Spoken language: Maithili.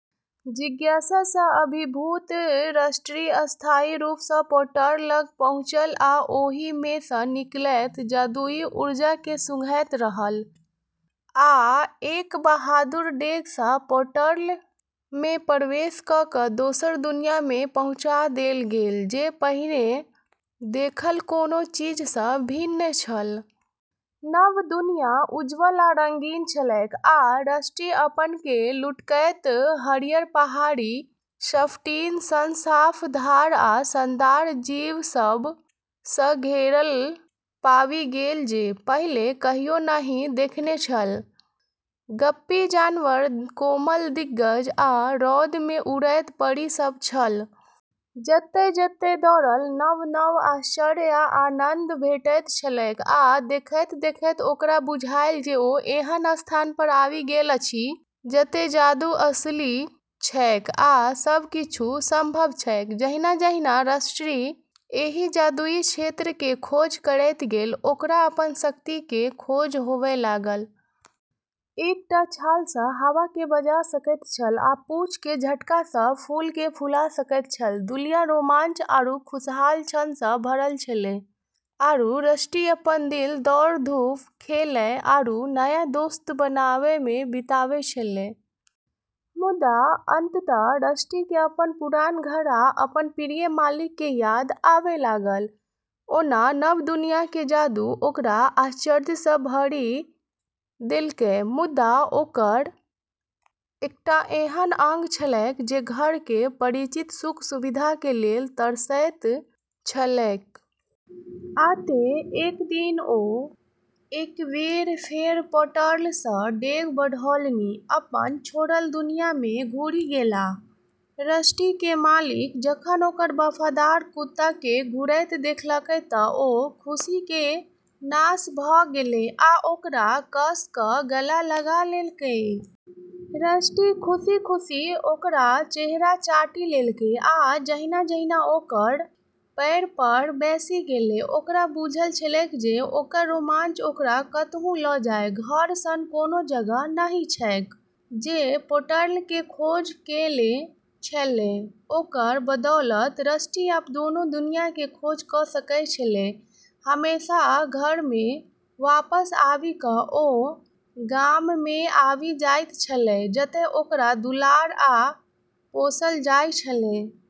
जिज्ञासा सँ अभिभूत रस्टी अस्थायी रूप सँ पोर्टल लग पहुँचल आ ओहि मे सँ निकलैत जादुई ऊर्जा के सूंघैत रहल। आ एक बहादुर डेग सँ पोर्टल मे प्रवेश क' क' दोसर दुनिया मे पहुँचा देल गेल, जे पहिने देखल कोनो चीज सँ भिन्न छल। नव दुनिया उज्ज्वल आ रंगीन छलैक, आ रस्टी अपन केँ लुढ़कैत हरियर पहाड़ी, स्फटिक सन साफ धार आ शानदार जीव सब सँ घेरल पाबि गेल जे पहिने कहियो नहि देखने छल। गप्पी जानवर, कोमल दिग्गज, आ रौद मे उड़ैत परी सब छल। जतय-जतय दौड़ल, नव-नव आश्चर्य आ आनन्द भेटैत छलैक, आ देखैत-देखैत ओकरा बुझायल जे ओ एहन स्थान पर आबि गेल अछि जतय जादू असली छैक आ सब किछु संभव छैक। जहिना-जहिना रस्टी एहि जादुई क्षेत्र के खोज करैत गेल, ओकरा अपन शक्ति के खोज होबय लागल। एकटा छाल सँ हवा केँ बजा सकैत छल आ पूँछ के झटका सँ फूल केँ फूला सकैत छल। दुनिया रोमांच आरू खुशहाल क्षण सँ भरल छेलै, आरू रस्टी अपन दिन दौड़-धूप, खेलै, आरू नया दोस्त बनाबै मे बिताबै छेलै। मुदा अंततः रस्टी के अपन पुरान घर आ अपन प्रिय मालिक के याद आबय लागल। ओना नव दुनिया के जादू ओकरा आश्चर्य सँ भरि देलकैक मुदा ओकर एकटा एहन अंग छलैक जे घर के परिचित सुख-सुविधा के लेल तरसैत छलैक। आ तें, एक दिन, ओ एक बेर फेर पोर्टल सँ डेग बढ़ौलनि, अपन छोड़ल दुनिया मे घुरि गेलाह। रस्टी के मालिक जखन ओकर वफादार कुत्ता के घुरैत देखलकै तऽ ओ खुशी के नाश भऽ गेलै आ ओकरा कस कऽ गला लगा लेलकै। रस्टी खुशी-खुशी ओकर चेहरा चाटि लेलकै, आ जहिना-जहिना ओकर पएर पर बैसि गेलै, ओकरा बुझल छलैक जे ओकर रोमांच ओकरा कतहु ल' जाय, घर सन कोनो जगह नहि छैक। जे पोर्टल के खोज केने छेलै, ओकर बदौलत रस्टी अब दोनों दुनिया के खोज क' सकै छेलै, हमेशा घर मे वापस आबि कऽ ओ गाँममे आबि जाइत छलै, जतय ओकरा दुलार आ पोसल जाय छलै।